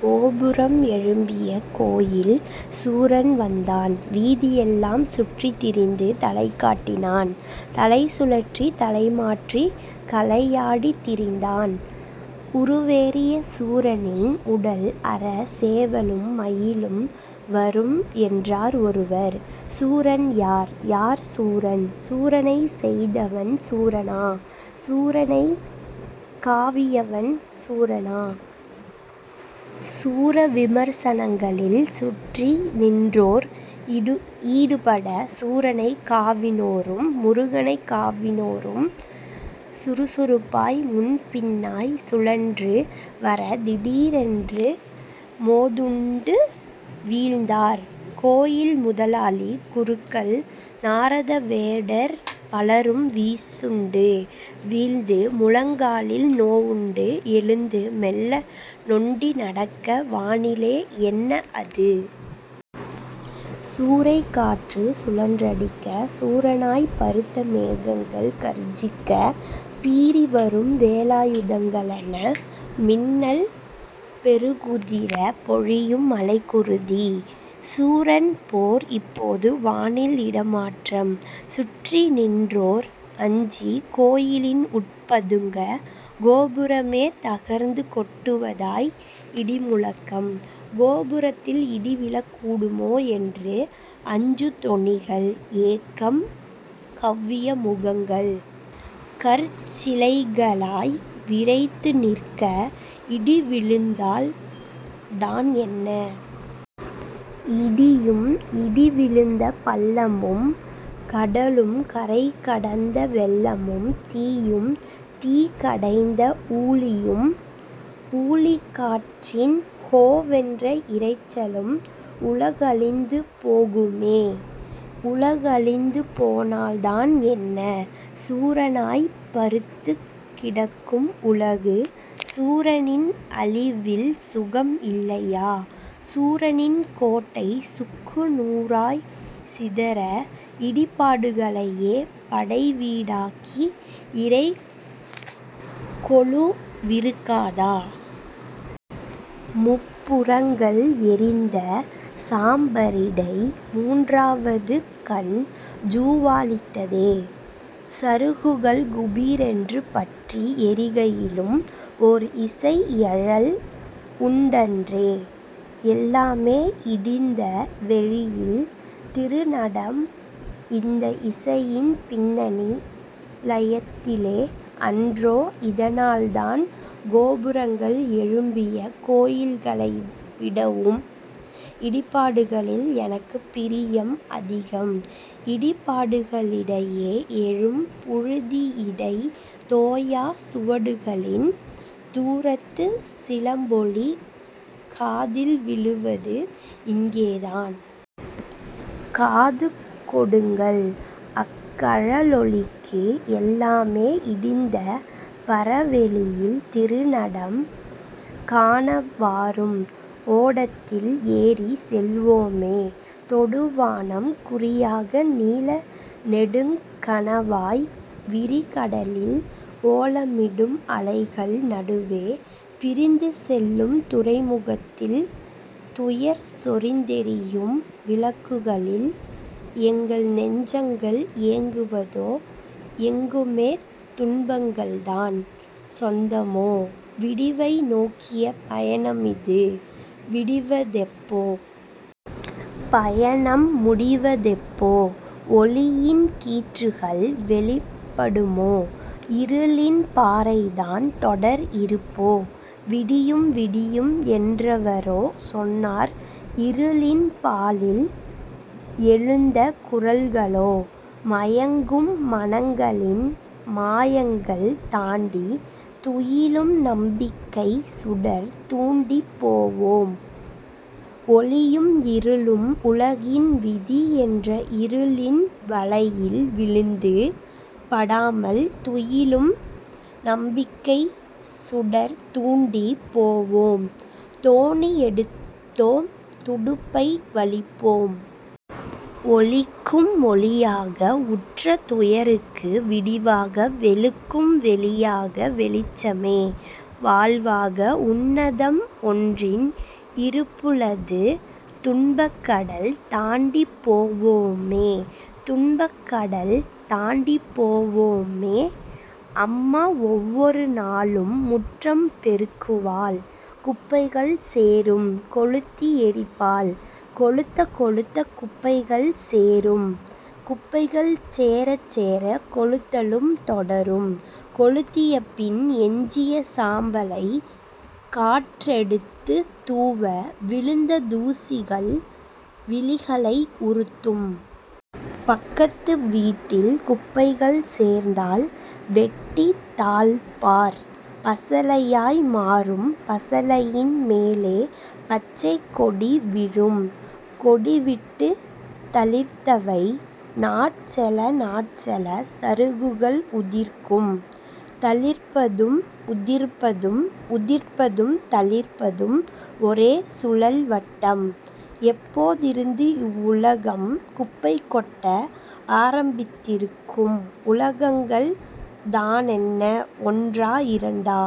கோபுரம் எழும்பிய கோயில். சூரன் வந்தான் வீதியெல்லாம் சுற்றித்திரிந்து தலைகாட்டினான். தலைசுழற்றி தலைமாற்றி கலையாடித் திரிந்தான். உருவேறிய சூரனின் உடல் அற சேவலும் மயிலும் வரும் என்றார் ஒருவர். சூரன் யார்? யார் சூரன்? சூரனைச் செய்தவன் சூரனா? சூரனைக் காவியவன் சூரனா? சூரவிமர்சனங்களில் சுற்றி நின்றோர் ஈடுபட சூரனைக் காவினோரும் முருகனைக் காவினோரும் சுறுசுறுப்பாய் முன்பின்னாய்ச் சுழன்று வர திடீரென்று மோதுண்டு வீழ்ந்தார் கோயில் முதலாளி குருக்கள் நாரத வேடர் பலரும் வீசுண்டு வீழ்ந்து முழங்காலில் நோவுண்டு எழுந்து மெல்ல நொண்டிநடக்க வானிலே என்ன அது? சூறைக் காற்றுச் சுழன்றடிக்க சூரனாய்ப் பருத்த மேகங்கள் கர்ஜிக்க பீறிவரும் வேலாயுதங்களென மின்னல் பெருக்குதிர பொழியும் மழைக்குருதி. சூரன் போர் இப்போது வானில் இடமாற்றம் சுற்றிநின்றோர் அஞ்சி கோயிலின் உட்பதுங்க கோபுரமே தகர்ந்து கொட்டுவதாய் இடிமுழக்கம். கோபுரத்தில் இடிவிழக் கூடுமோ? என்று அஞ்சுந் தொனிகள்: ஏக்கம் கௌவிய முகங்கள் கற்சிலைகளாய் விறைத்துநிற்க இடிவிழுந்தால் தான் என்ன? இடியும் இடி விழுந்த பள்ளமும் கடலும் கரைகடந்த வெள்ளமும் தீயும் தீக்கடைந்த ஊழியும் ஊழிக்காற்றின் ஹோவென்ற இரைச்சலும்? உலகழிந்து போகுமே உலகழிந்து போனால் தான் என்ன? சூரனாய்ப் பருத்துக் கிடக்கும் உலகு. சூரனின் அழிவில் சுகம் இல்லையா? சூரனின் கோட்டை சுக்கு நூறாய்ச் சிதற இடிபாடுகளையே படைவீடாக்கி இறை கொலுவிருக்காதா? முப்புரங்கள் எரிந்த சாம்பரிடை மூன்றாவது கண் ஜுவாலித்ததே. சருகுகள் குபீரென்று பற்றி எரிகையிலும் ஓர் இசை எழல் உண்டன்றே. எல்லாமே இடிந்த வெளியில் திருநடம் இந்த இசையின் பின்னணி லயத்திலே அன்றோ இதனால்தான் கோபுரங்கள் எழும்பிய கோயில்களைவிடவும் இடிபாடுகளில் எனக்குப் பிரியம் அதிகம். இடிபாடுகளிடையே எழும் புழுதியிடைத் தோயாச் சுவடுகளின் தூரத்துச் சிலம்பொலி காதில் விழுவது இங்கேதான். காது கொடுங்கள் அக்கழலொலிக்கு. எல்லாமே இடிந்த பரவெளியில் திருநடம் காண வாரும். ஓடத்தில் ஏறிச் செல்வோமே தொடுவானம் குறியாக நீல நெடுங் கனவாய் விரிகடலில் ஓலமிடும் அலைகள் நடுவே. பிரிந்து செல்லும் துறைமுகத்தில்-துயர் சொரிந்தெரியும் விளக்குகளில் எங்கள் நெஞ்சங்கள் ஏங்குவதோ? எங்குமே துன்பங்கள்தான் சொந்தமோ? விடிவை நோக்கிய பயணமிது விடிவதெப்போ? பயணம் முடிவதெப்போ? ஒளியின் கீற்றுகள் வெளிப்படுமோ? இருளின் பாறைதான் தொடர் இருப்போ? விடியும் விடியும் என்றெவரோ சொன்னார் இருளின் பாழில் எழுந்த குரல்களோ? மயங்கும் மனங்களின் மாயங்கள் தாண்டி துயிலும் நம்பிக்கைச் சுடர் தூண்டிப் போவோம். ஒளியும் இருளும் உலகின் விதி என்ற இருளின் வலையில் விழுந்து படாமல் துயிலும் நம்பிக்கைச் சுடர் தூண்டிப் போவோம் தோணி எடுத்தோம் துடுப்பை வலிப்போம். ஒளிக்கும் ஒளியாக உற்ற துயருக்கு விடிவாக வெளிக்கும் வெளியாக வெளிச்சமே வாழ்வாக உன்னதம் ஒன்றின் இருப்புளது துன்பக் கடல் தாண்டிப் போவோமே துன்பக் கடல் தாண்டிப் போவோமே. அம்மா ஒவ்வொரு நாளும் முற்றம் பெருக்குவாள் குப்பைகள் சேரும் கொளுத்தி எரிப்பாள். கொளுத்தக் கொளுத்தக் குப்பைகள் சேரும் குப்பைகள் சேரச்சேர கொளுத்தலும் தொடரும் கொளுத்திய பின் எஞ்சிய சாம்பலை காற்றெடுத்துத் தூவ விழுந்த தூசிகள் விழிகளை உறுத்தும். பக்கத்து வீட்டில் குப்பைகள் சேர்ந்தால் வெட்டித் தாழ்ப்பார் பசளையாய் மாறும் பசளையின் மேலே பச்சை கொடி விழும் கொடிவிட்டுத் தளிர்த்தவை நாட்செல நாட்செல சருகுகள் உதிர்க்கும். தளிர்ப்பதும் உதிர்ப்பதும் உதிர்ப்பதும் தளிர்ப்பதும் ஒரே சுழல் வட்டம். எப்போதிருந்து இவ்வுலகம் குப்பை கொட்ட ஆரம்பித்திருக்கும்? உலகங்கள் தானென்ன ஒன்றா இரண்டா?